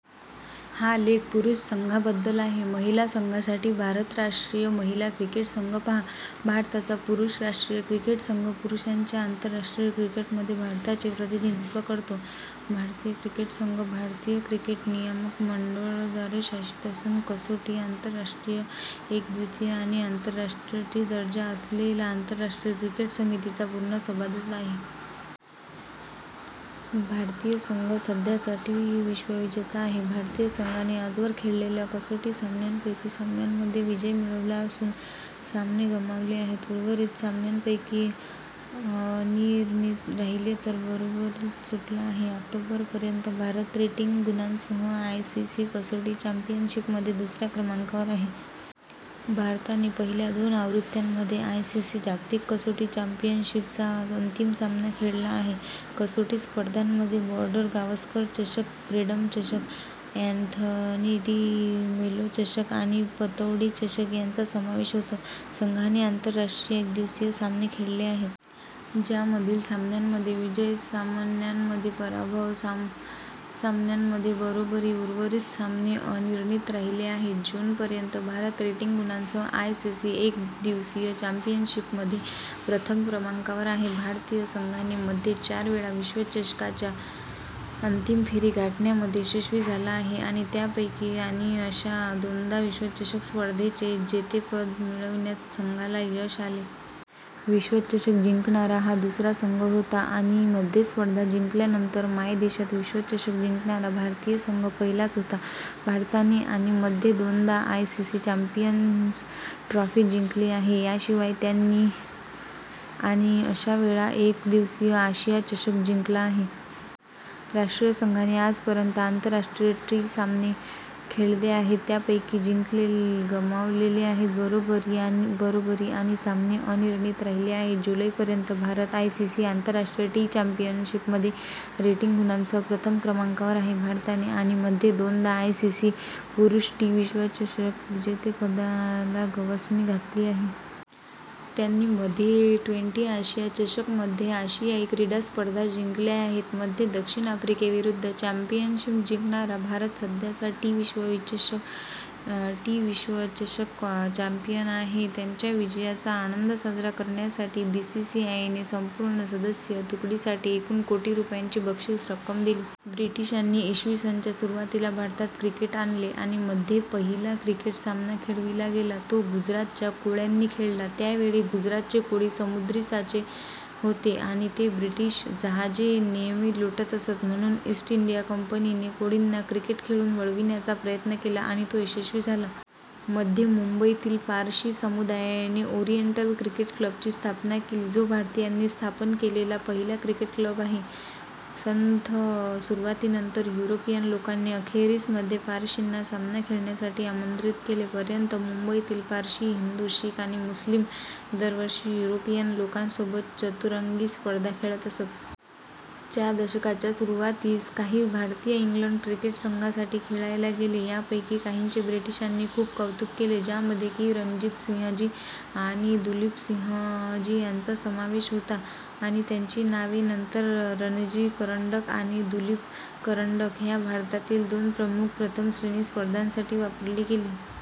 हा लेख पुरुष संघाबद्दल आहे. महिला संघासाठी, भारत राष्ट्रीय महिला क्रिकेट संघ पहा. भारताचा पुरुष राष्ट्रीय क्रिकेट संघ पुरुषांच्या आंतरराष्ट्रीय क्रिकेटमध्ये भारताचे प्रतिनिधित्व करतो. भारतीय क्रिकेट संघ भारतीय क्रिकेट नियामक मंडळ द्वारे शासित असून कसोटी, आंतरराष्ट्रीय एकदिवसीय आणि आंतरराष्ट्रीय टी दर्जा असलेला आंतरराष्ट्रीय क्रिकेट समितीचा पूर्ण सभासद आहे. भारतीय संघ सध्याचा टी विश्वविजेता आहे. भारतीय संघाने आजवर खेळलेल्या कसोटी सामन्यांपैकी सामन्यांमध्ये विजय मिळवला असून सामने गमावले आहेत. उर्वरित सामन्यांपैकी अनिर्णित राहिले तर बरोबरीत सुटला आहे. ऑक्टोबर पर्यंत, भारत रेटिंग गुणांसह आयसीसी कसोटी चॅम्पियनशिप मध्ये दुसऱ्या क्रमांकावर आहे. भारताने पहिल्या दोन आवृत्त्यांमध्ये आयसीसी जागतिक कसोटी चॅम्पियनशिप चा अंतिम सामना खेळला आहे. कसोटी स्पर्धांमध्ये बॉर्डर-गावस्कर चषक, फ्रीडम चषक, अँथनी डि मेलो चषक आणि पतौडी चषक यांचा समावेश होतो. संघाने आंतरराष्ट्रीय एकदिवसीय सामने खेळले आहेत. ज्यामधील सामन्यांमध्ये विजय, सामन्यांमध्ये पराभव, सामन्यांमध्ये बरोबरी उर्वरित सामने अनिर्णित राहिले आहेत. जून पर्यंत, भारत रेटिंग गुणांसह आयसीसी एकदिवसीय चॅम्पियनशिपमध्ये प्रथम क्रमांकावर आहे. भारतीय संघाने,,, मध्ये चार वेळा विश्वचषका च्या अंतिम फेरी गाठण्यामध्ये यशस्वी झाला आहे आणि त्यापैकी आणि अशा दोनदा विश्वचषक स्पर्धेचे जेतेपद मिळविण्यात संघाला यश आले. विश्वचषक जिंकणारा हा दुसरा संघ होता आणि मध्ये स्पर्धा जिंकल्यानंतर मायदेशात विश्वचषक जिंकणारा भारतीय संघ पहिलाच होता. भारताने आणि मध्ये दोनदा आयसीसी चॅम्पियन्स ट्रॉफी जिंकली आहे. याशिवाय, त्यांनी,, -,,, आणि अशा वेळा एकदिवसीय आशिया चषक जिंकला आहे. राष्ट्रीय संघाने आजपर्यंत आंतरराष्ट्रीय टी सामने खेळले आहेत. त्यापैकी जिंकले, गमावले आहेत, बरोबरी आणि सामने अनिर्णित राहिले आहेत. जूलै पर्यंत, भारत आयसीसी आंतरराष्ट्रीय टी चॅम्पियनशिपमध्ये रेटिंग गुणांसह प्रथम क्रमांकावर आहे. भारताने आणि मध्ये दोनदा आयसीसी पुरुष टी विश्वचषक विजेतेपदाला गवसणी घातली आहे. त्यांनी मध्ये ट्वेंटी आशिया चषक आणि मध्ये आशियाई क्रीडा स्पर्धा जिंकल्या आहेत. मध्ये दक्षिण आफ्रिकेविरुद्ध चॅम्पियनशिप जिंकणारा भारत सध्याचा टी विश्वचषक चॅम्पियन आहे. त्यांच्या विजयाचा आनंद साजरा करण्यासाठी, बीसीसीआयने संपूर्ण सदस्यीय तुकडीसाठी एकूण कोटी रुपयांची बक्षीस रक्कम दिली. ब्रिटिशांनी इ. स. च्या सुरुवातीला भारतात क्रिकेट आणले आणि मध्ये पहिला क्रिकेट सामना खेळविला गेला. तो गुजरातच्या कोळ्यांनी खेळला. त्यावेळी गुजरातचे कोळी समुद्री चाचे होते आणि ते ब्रिटीश जहाजे नेहमी लुटत असत म्हणून ईस्ट इंडिया कंपनी ने कोळींना क्रिकेट खेळून वळविण्याचा प्रयत्न केला आणि तो यशस्वी झाला. मध्ये, मुंबईतील पारशी समुदायाने ओरिएंटल क्रिकेट क्लबची स्थापना केली, जो भारतीयांनी स्थापन केलेला पहिला क्रिकेट क्लब आहे. संथ सुरुवातीनंतर, युरोपियन लोकांनी अखेरीस मध्ये पारशींना सामना खेळण्यासाठी आमंत्रित केले. पर्यंत, मुंबईतील पारशी, हिंदू, शीख आणि मुस्लिम दरवर्षी युरोपियन लोकांसोबत चतुरंगी स्पर्धा खेळत असत. च्या दशकाच्या सुरुवातीस, काही भारतीय इंग्लंड क्रिकेट संघासाठी खेळायला गेले. यापैकी काहींचे ब्रिटीशांनी खूप कौतुक केले, ज्यामध्ये की रणजितसिंहजी आणि दुलीपसिंहजी यांचा समावेश होता आणि त्यांची नावे नंतर रणजी करंडक आणि दुलीप करंडक ह्या भारतातील दोन प्रमुख प्रथम श्रेणी स्पर्धांसाठी वापरली गेली.